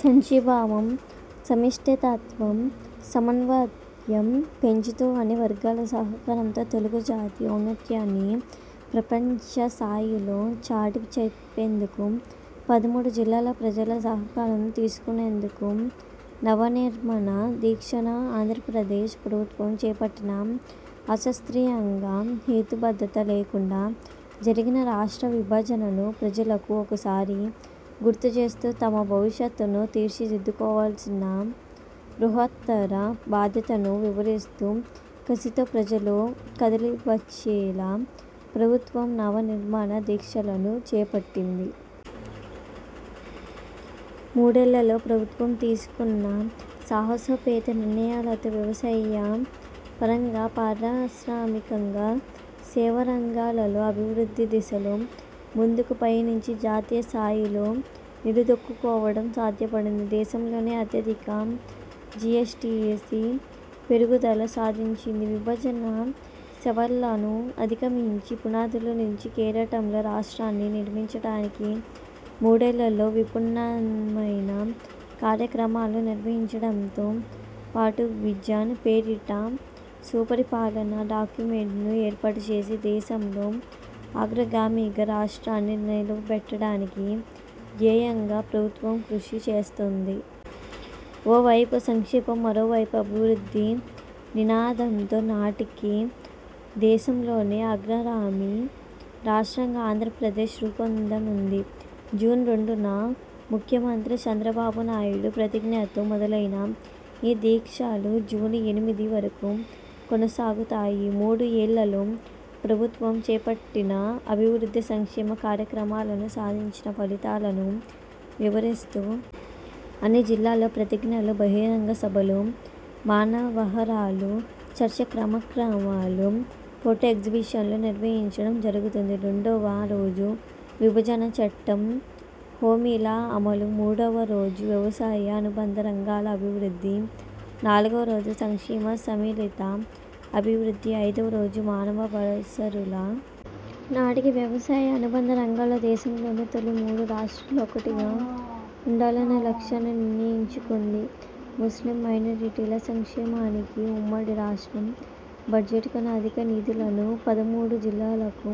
సంఘీభావం, సమిష్టితత్వం, సమన్వయం పెంచుతూ అన్ని వర్గాల సహకారంతో తెలుగు జాతి ఔన్నత్యాన్ని ప్రపంచస్థాయిలో చాటిచెప్పేందుకు పదమూడు జిల్లాల ప్రజల సహకారం తీసుకునేందుకే నవనిర్మాణ దీక్షను ఆంధ్రపద్రేశ్ ప్రభుత్వం చేపట్టింది అశాస్త్రీయంగా, హేతుబద్ధత లేకుండా జరిగిన రాష్ట్ర విభజనను ప్రజలకు ఒకసారి గుర్తుచేస్తూ తమ భవిష్యత్తును తీర్చిదిద్దుకోవాల్సిన బృహత్తర బాధ్యతను వివరిస్తూ కసితో ప్రజలు కదలివచ్చేలా ప్రభుత్వం నవ నిర్మాణ దీక్షలను చేపట్టింది. మూడేళ్లలో ప్రభుత్వం తీసుకున్న సాహసోపేత నిర్ణయాలతో వ్యవసాయ పరంగా, పారిశ్రామికంగా, సేవారంగాలలో అభివృద్ధి దిశలో ముందుకు పయనించి జాతీయ స్ధాయిలో నిలదొక్కుకోవటం సాధ్యపడింది. దేశంలోనే అత్యధిక జీఎస్డీపీ పెరుగుదల సాధించింది. విభజన సవాళ్ళను అధిగమించి పునాదుల నుంచి కెరటంలా రాష్ట్రాన్ని నిర్మించడానికి మూడేళ్ళలో వినూత్నమైన కార్యక్రమాలు నిర్వహించడంతో పాటు విజన్– పేరిట సుపరిపాలన డాక్యుమెంట్ను ఏర్పాటుచేసి దేశంలో అగ్రగామిగా రాష్ట్రాన్ని నిలబెట్టడమే ధ్యేయంగా ప్రభుత్వం కృషి చేస్తోంది. ఓవైపు సంక్షేమం, మరోవైపు అభివృద్ధి నినాదంతో నాటికి దేశంలోనే అగ్రగామి రాష్ట్రంగా ఆంధ్రప్రదేశ్ రూపొందనుంది. జూన్ రెండున ముఖ్యమంత్రి చంద్రబాబునాయుడు ప్రతిజ్ఞతో మొదలై ఈ దీక్షలు జూన్ ఎనిమిది వరకు కొనసాగుతాయి మూడు ఏళ్లలో ప్రభుత్వం చేపట్టిన అభివృద్ధి, సంక్షేమ కార్యక్రమాలను, సాధించిన ఫలితాలను వివరిస్తూ అన్ని జిల్లాల్లో ప్రతిజ్ఞలు, బహిరంగ సభలు, మానవహారాలు, చర్చా కార్యక్రమాలు, ఫొటో ఎగ్జిబిషన్లు నిర్వహించడం జరుగుతుంది రెండువ రోజు విభజన చట్టం హామీల అమలు, మూడువ రోజు వ్యవసాయ అనుబంధ రంగాల అభివృద్ధి, నాలుగువ రోజు సంక్షేమ సమ్మిళిత అభివృద్ధి, ఐదువ రోజు మానవ వన వనరుల నాటికి వ్యవసాయ, అనుబంధ రంగాల్లో దేశంలోని తొలి మూడు రాష్ట్రాల్లో ఒక్కటిగా ఉండాలనే లక్ష్యాన్ని నిర్ణయించుకుంది. ముస్లిం మైనారిటీల సంక్షేమానికి ఉమ్మడి రాష్ట్ర బడ్జెట్ కన్నా అధిక నిధులను పదమూడు జిల్లాలకు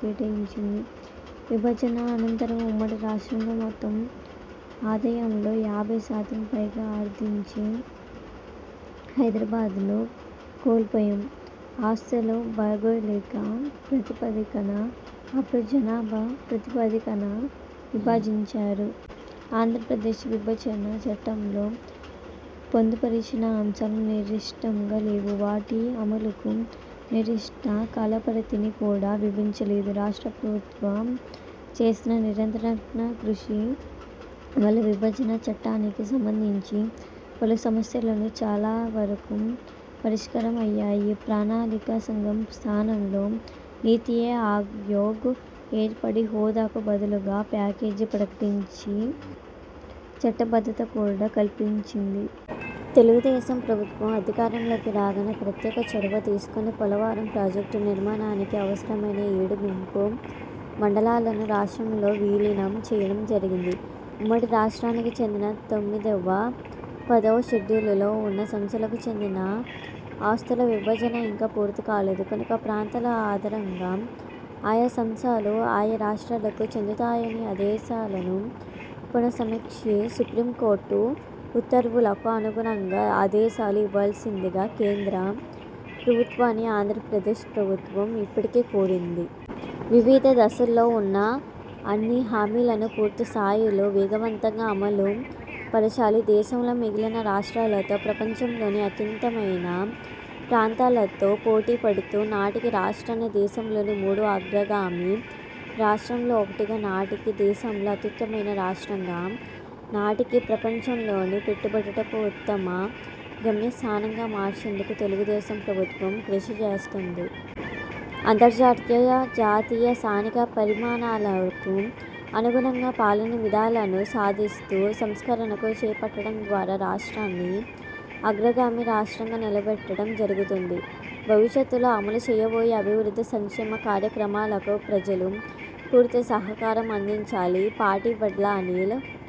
కేటాయించింది విభజన అనంతరం ఉమ్మడి రాష్ట్రంలో మొత్తం ఆదాయంలో యాభై శాతం పైగా ఆర్జించి హైదరాబాద్ను కోల్పోయాం ఆస్తులు భౌగోళిక ప్రాతిపదికన, అప్పులు జనాభా ప్రాతిపదికన విభజించారు. ఆంధ్రప్రదేశ్ విభజన చట్టంలో పొందుపరిచిన అంశాలు నిర్దిష్టంగా లేవు, వాటి అమలుకు నిర్దిష్ట కాలపరిమితి కూడా విధించలేదు. రాష్ట్ర ప్రభుత్వం చేసిన నిరంతర కృషి వల్ల విభజన చట్టానికి సంబంధించి పలు సమస్యలను చాలావరకు పరిష్కారమయ్యాయి. ప్రణాళికా సంఘం స్థానంలో 'నీతిఆయోగ్' ఏర్పడి హోదాకు బదులుగా ప్యాకేజీ ప్రకటించి చట్టబద్ధత కూడా కల్పించింది. తెలుగుదేశం ప్రభుత్వం అధికారంలోకి రాగానే ప్రత్యేక చొరవ తీసుకుని పోలవరం ప్రాజెక్టు నిర్మాణానికి అవసరమైన ఏడు ముంపు మండలాలను రాష్ట్రంలో విలీనం చేయడం జరిగింది ఉమ్మడి రాష్ట్రానికి చెందిన తొమ్మిదివ, పదివ షెడ్యూలులో ఉన్న సంస్థలకు చెందిన ఆస్తుల విభజన ఇంకా పూర్తి కాలేదు. కనుక ప్రాంతాల ఆధారంగా ఆయా సంస్థలు, ఆయా రాష్ట్రాలకు చెందుతాయని ఆదేశాలను పునసమీక్షించి సుప్రీంకోర్టు ఉత్తర్వులకు అనుగుణంగా ఆదేశాలు ఇవ్వాల్సిందిగా కేంద్ర ప్రభుత్వాన్ని ఆంధ్రప్రదేశ్ ప్రభుత్వం ఇప్పటికే కోరింది. వివిధ దశల్లో ఉన్న అన్ని హామీలను పూర్తిస్థాయిలో వేగవంతంగా అమలుపరచాలి. దేశంలో మిగిలిన రాష్ట్రాలతో, ప్రపంచంలోని అత్యుత్తమమైన ప్రాంతాలతో పోటీపడుతూ నాటికి రాష్ట్రాన్ని దేశంలోని మూడు అగ్రగామి రాష్ట్రాల్లో ఒకటిగా, నాటికి దేశంలో అత్యుత్తమమైన రాష్ట్రంగా, నాటికి ప్రపంచంలోనే పెట్టుబడులకు ఉత్తమ గమ్యస్థానంగా మార్చేందుకు తెలుగుదేశం ప్రభుత్వం కృషిచేస్తోంది. అంతర్జాతీయ, జాతీయ, స్థానిక పరిణామాలకు అనుగుణంగా పాలనా విధానాలను సాధిస్తూ సంస్కరణలు చేపట్టడం ద్వారా రాష్ట్రాన్ని అగ్రగామి రాష్ట్రంగా నిలబెట్టడం జరుగుతుంది. భవిష్యత్తులో అమలు చేయబోయే అభివృద్ధి, సంక్షేమ కార్యక్రమాలకు ప్రజలు పూర్తి సహకారం అందించాలి. పాటిబడ్ల అనిల్